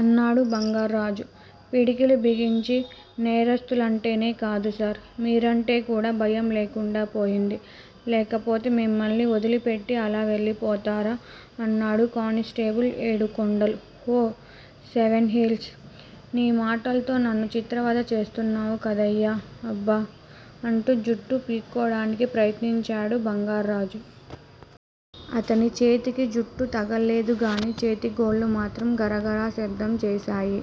అన్నాడు బంగార్రాజు పిడికిళ్ళు బిగించి. నేరస్తులంటేనే కాదుసార్ మీరంటే కూడా భయంలేకుండా పోయింది. లేకపోతే మిమ్మల్ని వదిలిపెట్టి అలా వెళ్ళిపోతారా?! అన్నాడు constable Edukondalu. Oh seven hills! ని మాటల్తో నన్ను చిత్రవధ చేస్తున్నావు కదయ్యా అబ్బా! అంటూ జుట్టు పిక్కోడానికి ప్రయత్నించాడు బంగార్రాజు. అతని చేతికి జుట్టు తగల్లెదుగాని చేతిగోళ్ళు మాత్రం గరగరా శబ్దం చేశాయి.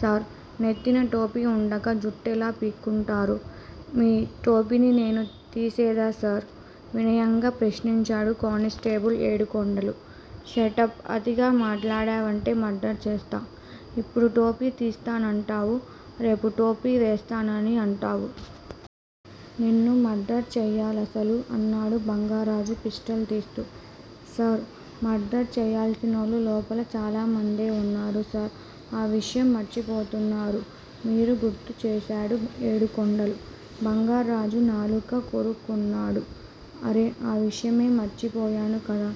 సార్! నెత్తిన టోపీ వుండగా జుట్టేలా పిక్కుంటారు? మీ టోపిని నేను తేసేదా సార్? వినయంగా ప్రశ్నించాడు కానిస్టేబుల్ ఏడుకొండలు. షటప్ అతిగా మాట్లాడావంటే మర్డరు చేస్తా. ఇప్పుడు టోపీ తీస్తా నంటావ్ రేపు టోపీ వేస్తానని అంటావ్. నిన్ను మర్డర్ చేయ్యలసలు అన్నాడు బంగార్రాజు పిస్టల్ తీస్తూ. సర్! మర్డర్ చెయ్యాల్సినోళ్ళు లోపల చాలామంది వున్నారు సార్ ఆ విషయం మార్చిపోతున్నారు మీరు గుర్తు చేశాడు ఏడుకొండలు. బంగార్రాజు నాలుక కొరుక్కున్నాడు. అర్రే ఆ విషయమే మర్చిపోయాను కదూ?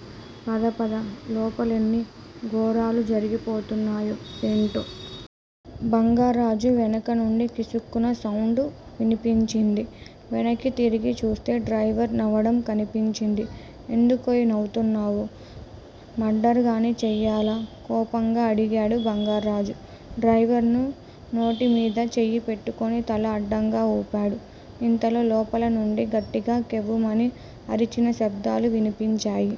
పదపద లోపలేం ఘోరాలు జరిగిపోతున్నాయో ఎంటో?! బంగార్రాజు వెనుకనుండి కిసుక్కున సౌండు వినిపించింది. వెనక్కి తిరిగి చూస్తే డ్రైవరు నవ్వడం కనిపించింది. ఎందుకోయ్ నవ్వుతున్నావ్? మర్డరుగాని చెయ్యలా? కోపంగా అడిగాడు బంగార్రాజు. డ్రైవరు నోటి మీద చెయ్యి పెట్టుకుని తల అడ్డంగా ఊపాడు. ఇంతలో లోపలి నుండి గట్టిగా కెవ్వుమని అరిచిన శబ్దాలు వినిపించాయి.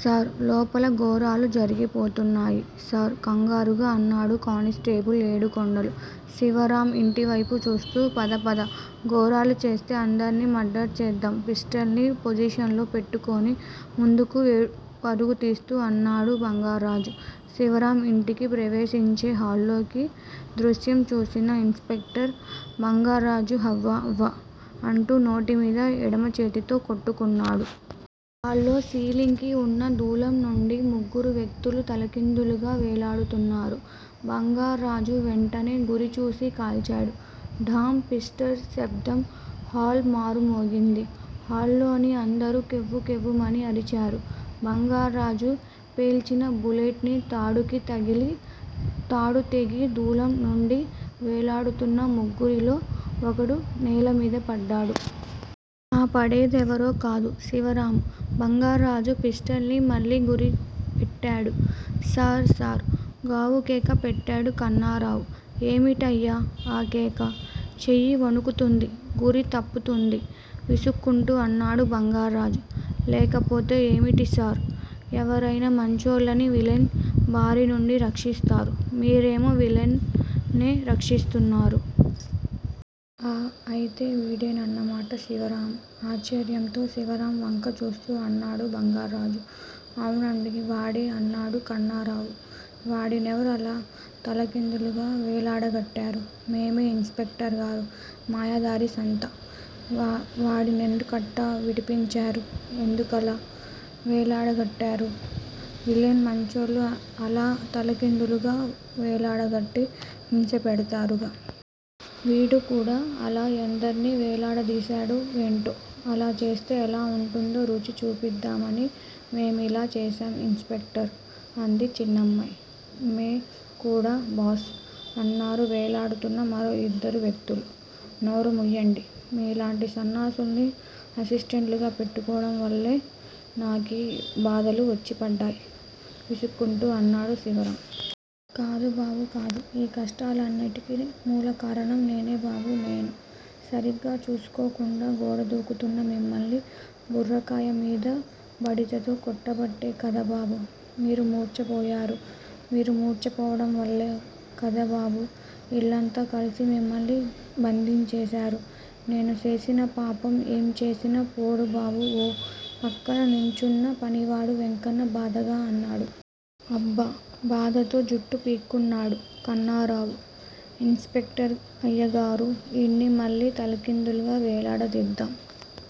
సార్! లోపల ఘోరాలు జరిగిపోతున్నాయి సార్ కంగారుగా అన్నాడు కానిస్టేబులు ఏడుకొండలు శివరాం ఇంటివ్తెపు చూస్తూ. పదపద ఘోరాలు చేసే అందర్నీ మర్డరు చేద్దాం పిస్టల్ ని పొజిషన్ లో పట్టుకొని ముందుకు పరుగుతిస్తూ అన్నాడు బంగార్రాజు. శివరాం ఇంట్లోకి ప్రవేశించి హాల్లోకి దృశ్యం చూసిన ఇన్ స్పెక్టర్ బంగార్రాజు హవ్వ వ్వ వ్వ అంటూ నోటిమీద ఎడమచేత్తో కొట్టుకున్నాడు. హలో సీలింగ్ కి ఉన్న దూలం నుండి ముగ్గురు వ్యక్తులు తలకిందులుగా వేళ్ళాడుతున్నారు. బంగార్రాజు వెంటనే గురిచూసి కాల్చాడు. ఢాం పిస్టల్ శబ్దం హల్లో మారు మోగింది. హాల్లోని అందరూ కెవ్వుకెవ్వుమని అరిచారు. బంగార్రాజు పేల్చినా బుల్లెట్ తాడుకి తగిలి తాడుతెగి దూలం నుండి వేళ్ళాడుతున్న ముగ్గురిలో ఒకడు నేలమీద పడ్డాడు. ఆ పడేందేవరో కాదు. శివరావు!! బంగార్రాజు పిస్టల్ ని మళ్ళి గురిపెట్టాడు. సార్ సార్ గావుకేక పెట్టాడు కన్నారావు. ఏంటయ్యా ఆ కేక? చెయ్యి వణుకుతూంది. గురి తప్పతుంది విసుక్కుంటూ అన్నాడు బంగార్రాజు. లేకపోతే ఏంటిసార్? ఎవరయినా మంచోళ్ళని విలన్ బారి నుండి రక్షిస్తారు. మీరేమో విలన్ నే రక్షిస్తున్నారు!! ఆ! అయితే విడేనన్నమాట శివరాం? ఆశ్చర్యంగా శివరాం వంక చూస్తూ అన్నాడు బంగార్రాజు. అవునండి వాడే అన్నాడు కన్నారావు. వాడినేవారు అలా తలకిందులుగా వెళ్లాడగాట్టేరు? మేమే ఇన్స్ పెక్టర్! మాయదారి సంత!! వాదినేండుకట్టా విడిపించారు?? ఎందుకలా వేళ్ళాడగట్టారు? విలన్లు మంచోళ్ళని అలా తలకిందులుగా వెళ్ళాడగట్టి హింసపెడ్తారుగా? వీడు కూడా అలా ఎందర్ని వేళ్ళాడదిశాడో ఎంటో?! అలా చేస్తే ఎలా వుంటుందో రుచి చూపించుదామని మేమలా చేశాం ఇన్స్ పెక్టర్ అంది చిన్నమ్మాయ్. మేం కూడా బాస్!! అన్నారు వెళ్లాడ్తున్న మరో ఇద్దరు వ్యక్తులు. నోర్ముయ్యండి. మీలాంటి సన్నాసులని అసిస్టెంట్లులుగా పెట్టుకోవడం వాళ్ళే నాకి బాదలు వచ్చిపడ్డాయ్ విసుక్కుంటూ అన్నాడు శివరాం. కాదుబాబూ కాదు! ఈ కష్టాలన్నింటికీ మూలకారణం నేనే బాబూ నేను. సరిగా చూసుకోకుండా గోడదూకుతున్న మిమ్మల్ని బుర్రకాయ్ మీద బడితతో కొట్టబట్టే కదబాబూ మీరు మూర్చపోయారు? మీరు మూర్చపోడం వల్లెకదబాబూ ఈళ్ళంతా కలసి మిమ్మల్ని బందించేశారు నేను సేసిన పాపం ఏం చేసినా పోడుబాబూ ఓ పక్కగా నిల్చున్న పనివాడు వెంకన్న బాధగా అన్నాడు. అబ్బా! బాధతో జుట్టు పిక్కున్నాడు కన్నారావు. ఇన్స్ పెక్టరయ్యగారూ ఈడ్ని మళ్ళి తలకిందలుగా వెళ్లాడదిద్దాం